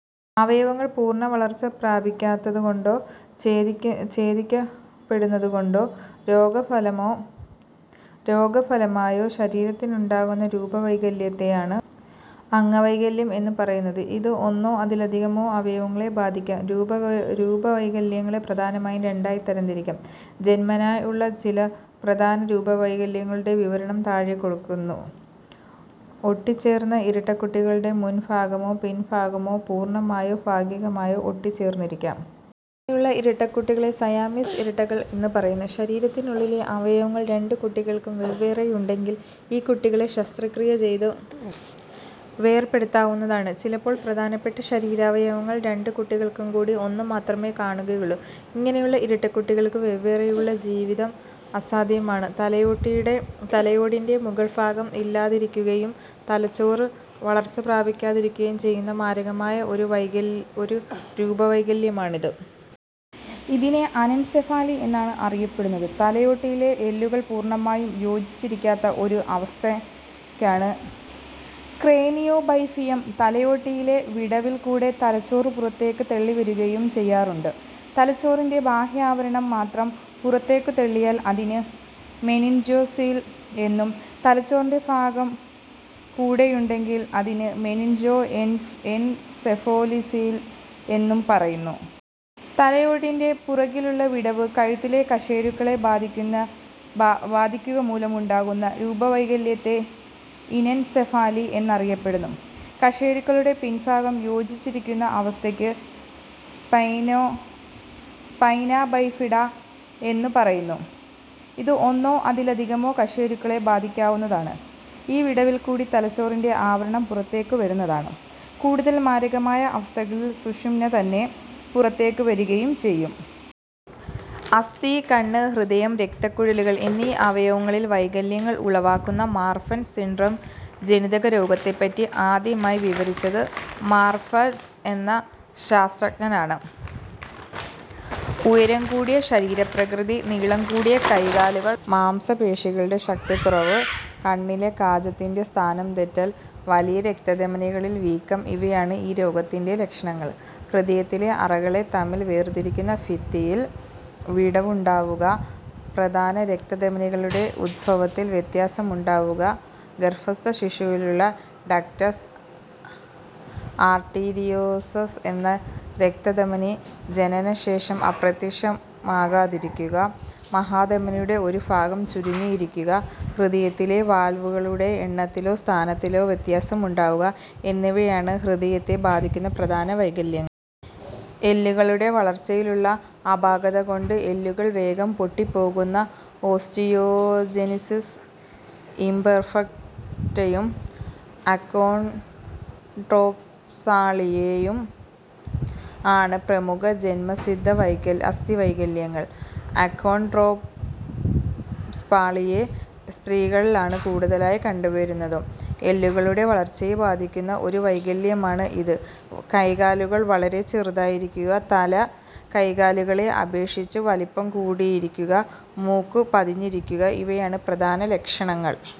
അവയവങ്ങൾ പൂർണവളർച്ച പ്രാപിക്കാത്തതുകൊണ്ടോ ഛേദിക്കപ്പെടുന്നതുകൊണ്ടോ രോഗഫലമായോ ശരീരത്തിനുണ്ടാകുന്ന രൂപവൈകല്യത്തെയാണ് അംഗവൈകല്യം എന്നു് പറയുന്നത്. ഇത് ഒന്നോ അതിലധികമോ അവയവങ്ങളെ ബാധിക്കാം. രൂപവൈകല്യങ്ങളെ പ്രധാനമായി രണ്ടായി തരംതിരിക്കാം. ജൻമനായുള്ള ചില പ്രധാന രൂപവൈകല്യങ്ങളുടെ വിവരണം താഴെ ചേർക്കുന്നു. ഒട്ടിച്ചേർന്ന ഇരട്ടകുട്ടികളുടെ മുൻഭാഗമോ പിൻഭാഗമോ പൂർണമായോ ഭാഗികമായോ ഒട്ടിച്ചേർന്നിരിക്കാം. ഇങ്ങനെയുള്ള ഇരട്ടകുട്ടികളെ സയാമീസ് ഇരട്ടകൾ എന്നു പറയുന്നു. ശരീരത്തിനുള്ളിലെ അവയവങ്ങൾ രണ്ടു കുട്ടികൾക്കും വെവ്വേറെയുണ്ടെങ്കിൽ ഈ കുട്ടികളെ ശസ്ത്രക്രിയ ചെയ്തു വേർപെടുത്താവുന്നതാണ്. ചിലപ്പോൾ പ്രധാനപ്പെട്ട ശരീരാവയവങ്ങൾ രണ്ടു കുട്ടികൾക്കുംകൂടി ഒന്നുമാത്രമേ കാണുകയുള്ളു. ഇങ്ങനെയുള്ള ഇരട്ടക്കുട്ടികൾക്ക് വെവ്വേറെയുള്ള ജീവിതം അസാധ്യമാണ്. തലയോടിന്റെ മുകൾഭാഗം ഇല്ലാതിരിക്കുകയും തലച്ചോറ് വളർച്ച പ്രാപിക്കാതിരിക്കുകയും ചെയ്യുന്ന മാരകമായ ഒരു രൂപവൈകല്യമാണിത്. ഇതിനെ അനെൻസെഫാലി എന്നാണ് ഇതിനെ അറിയപ്പെടുന്നത്. തലയോടിലെ എല്ലുകൾ പൂർണമായി യോജിക്കാതിരിക്കുന്ന ഒരു അവസ്ഥയക്കാണ് ക്രേനിയോബൈഫിയം. തലയോടിലെ വിടവിൽ കൂടെ തലച്ചോറ് പുറത്തേക്ക് തള്ളിവരികയും ചെയ്യാറുണ്ട്. തലച്ചോറിന്റെ ബാഹ്യാവരണം മാത്രം പുറത്തേക്കു തള്ളിയാൽ അതിന് മെനിൻജോസീൽ എന്നും, തലച്ചോറിന്റെ ഭാഗം കൂടിയുണ്ടെങ്കിൽ അതിന് മെനിൻജോഎൻസെഫലോസീൽ എന്നും പറയുന്നു. തലയോടിന്റെ പുറകിലുള്ള വിടവ് കഴുത്തിലെ കശേരുക്കളെ ബാധിക്കുക മൂലമുണ്ടാകുന്ന രൂപവൈകല്യത്തെ ഇനെൻസെഫാലി എന്നറിയപ്പെടുന്നു. കശേരുക്കളുടെ പിൻഭാഗം യോജിക്കാതിരിക്കുന്ന അവസ്ഥയ്ക്ക് സ്പൈനാ ബൈഫിഡാ എന്നു പറയുന്നു. ഇത് ഒന്നോ അതിലധികമോ കശേരുക്കളെ ബാധിക്കാവുന്നതാണ്. ഈ വിടവിൽക്കൂടി തലച്ചോറിന്റെ ആവരണം പുറത്തേക്കുവരാവുന്നതാണ്. കൂടുതൽ മാരകമായ അവസ്ഥകളിൽ സുഷ്മ്നെതന്നെ പുറത്തേക്ക് വരികയും ചെയ്യും. അസ്ഥി, കണ്ണ്, ഹൃദയം, രക്തക്കുഴലുകൾ എന്നീ അവയവങ്ങളിൽ വൈകല്യങ്ങൾ ഉളവാക്കുന്ന മാർഫൻസ് സിൻഡ്രോം ജനിതകരോഗത്തെപറ്റി ആദ്യമായി വിവരിച്ചത് മാർഫൻ എന്ന ശാസ്ത്രജ്ഞനാണ്. ഉയരംകൂടിയ ശരീരപ്രകൃതി, നീളംകൂടിയ കൈകാലുകൾ, മാംസപേശികളുടെ ശക്തിക്കുറവ്, കണ്ണിലെ കാചത്തിന്റെ സ്ഥാനംതെറ്റൽ, വലിയ രക്തധമനികളിൽ വീക്കം ഇവയാണ് ഈ രോഗത്തിന്റെ ലക്ഷണങ്ങൾ. ഹൃദയത്തിലെ അറകളെ തമ്മിൽ വേർതിരിക്കുന്ന ഭിത്തിയിൽ വിടവുണ്ടാകുക, പ്രധാന രക്തധമനികളുടെ ഉദ്ഭവത്തിൽ വ്യത്യാസമുണ്ടാകുക, ഗർഭസ്ഥശിശുവിലുള്ള ഡക്റ്റസ് ആർടീരിയോസസ് എന്ന രക്തധമനി ജനനശേഷം അപ്രത്യക്ഷമാകാതിരിക്കുക, മഹാധമനിയുടെ ഒരു ഭാഗം ചുരുങ്ങിയിരിക്കുക, ഹൃദയത്തിലെ വാൽവുകളുടെ എണ്ണത്തിലോ സ്ഥാനത്തിനോ വ്യത്യാസമുണ്ടാകുക എന്നിവയാണ് ഹൃദയത്തെ ബാധിക്കുന്ന പ്രധാന വൈകല്യങ്ങൾ. എല്ലുകളുടെ വളർച്ചയിലുള്ള അപാകതകൊണ്ട് എല്ലുകൾ വേഗം പൊട്ടിപ്പോകുന്ന ഓസ്റ്റിയോജെനിസിസ് ഇംപെർഫെക്റ്റയും അക്കോൺഡ്രോപ്ളാസിയയും ആണ് പ്രമുഖ ജന്മസിദ്ധ അസ്ഥിവൈകല്യങ്ങൾ. അക്കോൺഡ്രോപ്ളാസിയ സ്ത്രീകളിലാണ് കൂടുതലായി കണ്ടുവരുന്നത്. എല്ലുകളുടെ വളർച്ചയെ ബാധിക്കുന്ന ഒരു വൈകല്യമാണ് ഇത്. കൈകാലുകൾ വളരെ ചെറുതായിരിക്കുക, തല കൈകാലുകളെ അപേക്ഷിച്ചു വലിപ്പം കൂടിയിരിക്കുക, മൂക്കു പതിഞ്ഞിരിക്കുക ഇവയാണ് പ്രധാന ലക്ഷണങ്ങൾ.